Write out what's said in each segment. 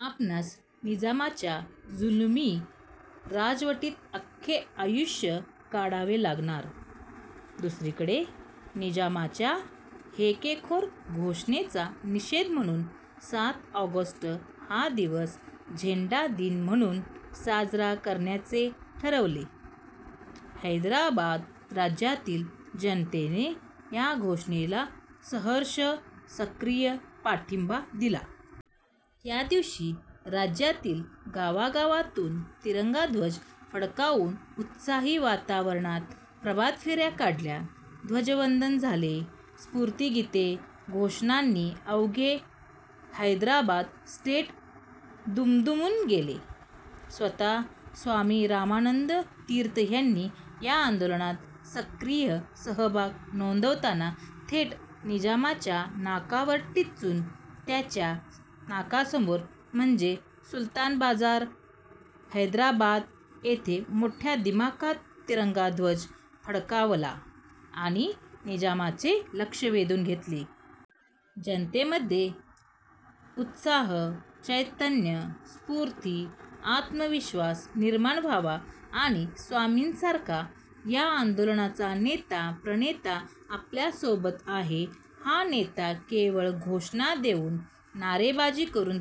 आपणास निजामाच्या जुलमी राजवटीत अख्खे आयुष्य काढावे लागणार! दुसरीकडे निजामाच्या हेकेखोर घोषणेचा निषेध म्हणून सात ऑगस्ट हा दिवस झेंडा दिन म्हणून साजरा करण्याचे ठरवले. हैदराबाद राज्यातील जनतेने या घोषणेला सहर्ष, सक्रिय पाठिंबा दिला. या दिवशी राज्यातील गावागावातून तिरंगा ध्वज फडकावून, उत्साही वातावरणात प्रभातफेर्या काढल्या. ध्वजवंदन झाले. स्फूर्तीगीते, घोषणांनी अवघे हैदराबाद स्टेट दुमदुमून गेले. स्वतः स्वामी रामानंद तीर्थ ह्यांनी या आंदोलनात सक्रिय सहभाग नोंदवताना थेट निजामाच्या नाकावर टिच्चून, त्याच्या नाकासमोर म्हणजे सुलतान बाजार, हैदराबाद येथे मोठ्या दिमाखात तिरंगा ध्वज फडकावला आणि निजामाचे लक्ष वेधून घेतले. जनतेमध्ये उत्साह, चैतन्य, स्फूर्ती, आत्मविश्वास निर्माण व्हावा आणि स्वामींसारखा या आंदोलनाचा नेता, प्रणेता आपल्या सोबत आहे, हा नेता केवळ घोषणा देऊन, नारेबाजी करून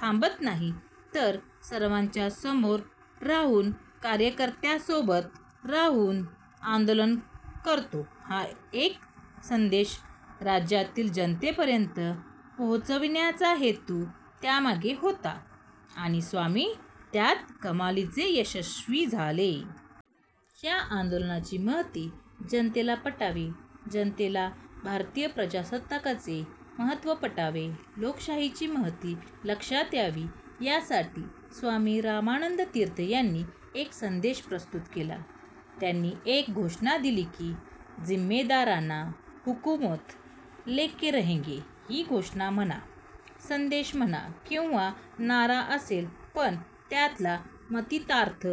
थांबत नाही, तर सर्वांच्या समोर राहून, कार्यकर्त्यांसोबत राहून आंदोलन करतो, हा एक संदेश राज्यातील जनतेपर्यंत पोहोचविण्याचा हेतू त्यामागे होता आणि स्वामी त्यात कमालीचे यशस्वी झाले. ह्या आंदोलनाची महती जनतेला पटावी, जनतेला भारतीय प्रजासत्ताकाचे महत्त्व पटावे, लोकशाहीची महती लक्षात यावी यासाठी स्वामी रामानंद तीर्थ यांनी एक संदेश प्रस्तुत केला. त्यांनी एक घोषणा दिली की, जिम्मेदाराना हुकुमत लेके रहेंगे! ही घोषणा म्हणा, संदेश म्हणा किंवा नारा असेल, पण त्यातला मतितार्थ,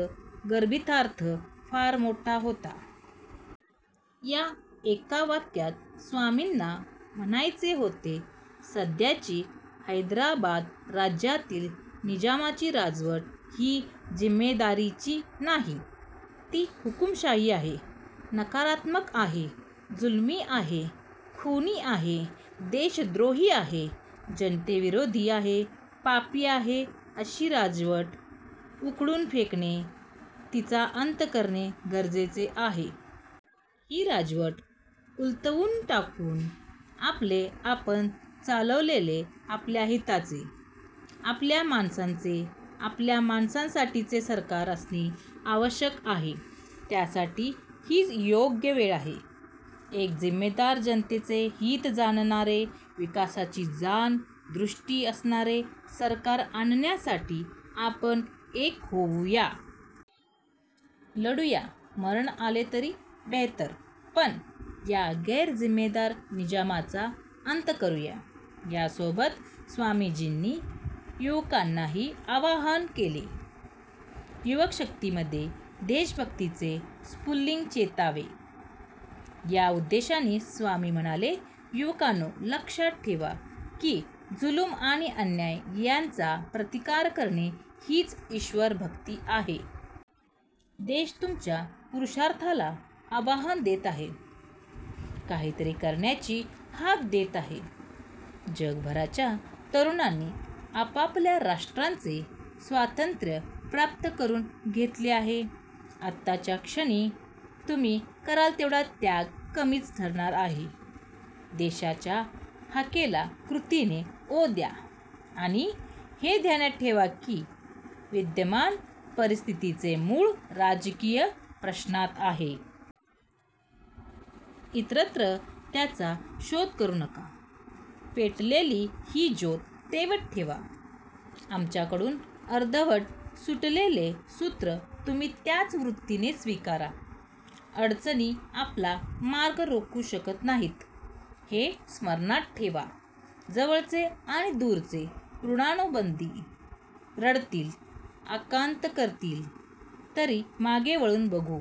गर्भितार्थ फार मोठा होता. या एका वाक्यात स्वामींना म्हणायचे होते, सध्याची हैदराबाद राज्यातील निजामाची राजवट ही जिम्मेदारीची नाही. ती हुकुमशाही आहे. नकारात्मक आहे. जुलमी आहे. खुनी आहे. देशद्रोही आहे. जनताविरोधी आहे. पापी आहे. अशी राजवट उखडून फेकणे, तिचा अंत करणे गरजेचे आहे. ही राजवट उलथवून टाकून आपले, आपण चालवलेले, आपल्या हिताचे, आपल्या माणसांचे, आपल्या माणसांसाठीचे सरकार असणे आवश्यक आहे. त्यासाठी हीच योग्य वेळ आहे. एक जिम्मेदार, जनतेचे हित जाणणारे, विकासाची जाण, दृष्टी असणारे सरकार आणण्यासाठी आपण एक होऊया. लढूया. मरण आले तरी बेहत्तर, पण या गैरजिम्मेदार निजामाचा अंत करूया. या सोबत स्वामीजींनी युवकांनाही आवाहन केले. युवकशक्तीमध्ये देशभक्तीचे स्फुल्लिंग चेतावे या उद्देशाने स्वामी म्हणाले, युवकांनो, लक्षात ठेवा की जुलूम आणि अन्याय यांचा प्रतिकार करणे हीच ईश्वरभक्ती आहे. देश तुमच्या पुरुषार्थाला आवाहन देत आहे. काही तरी करण्याची हाक देत आहे. जगभरच्या तरुणांनी आपापल्या राष्ट्रांचे स्वातंत्र्य प्राप्त करून घेतले आहे. आताच्या क्षणी तुम्ही कराल तेवढा त्याग कमीच ठरणार आहे. देशाच्या हाकेला कृतीने ओ द्या आणि हे ध्यानात ठेवा की, विद्यमान परिस्थितीचे मूळ राजकीय प्रश्नात आहे. इतरत्र त्याचा शोध करू नका. पेटलेली ही ज्योत तेवत ठेवा. आमच्याकडून अर्धवट सुटलेले सूत्र तुम्ही त्याच वृत्तीने स्वीकारा. अडचणी आपला मार्ग रोखू शकत नाहीत हे स्मरणात ठेवा. जवळचे आणि दूरचे ऋणानुबंधी रडतील, आकांत करतील, तरी मागे वळून बघू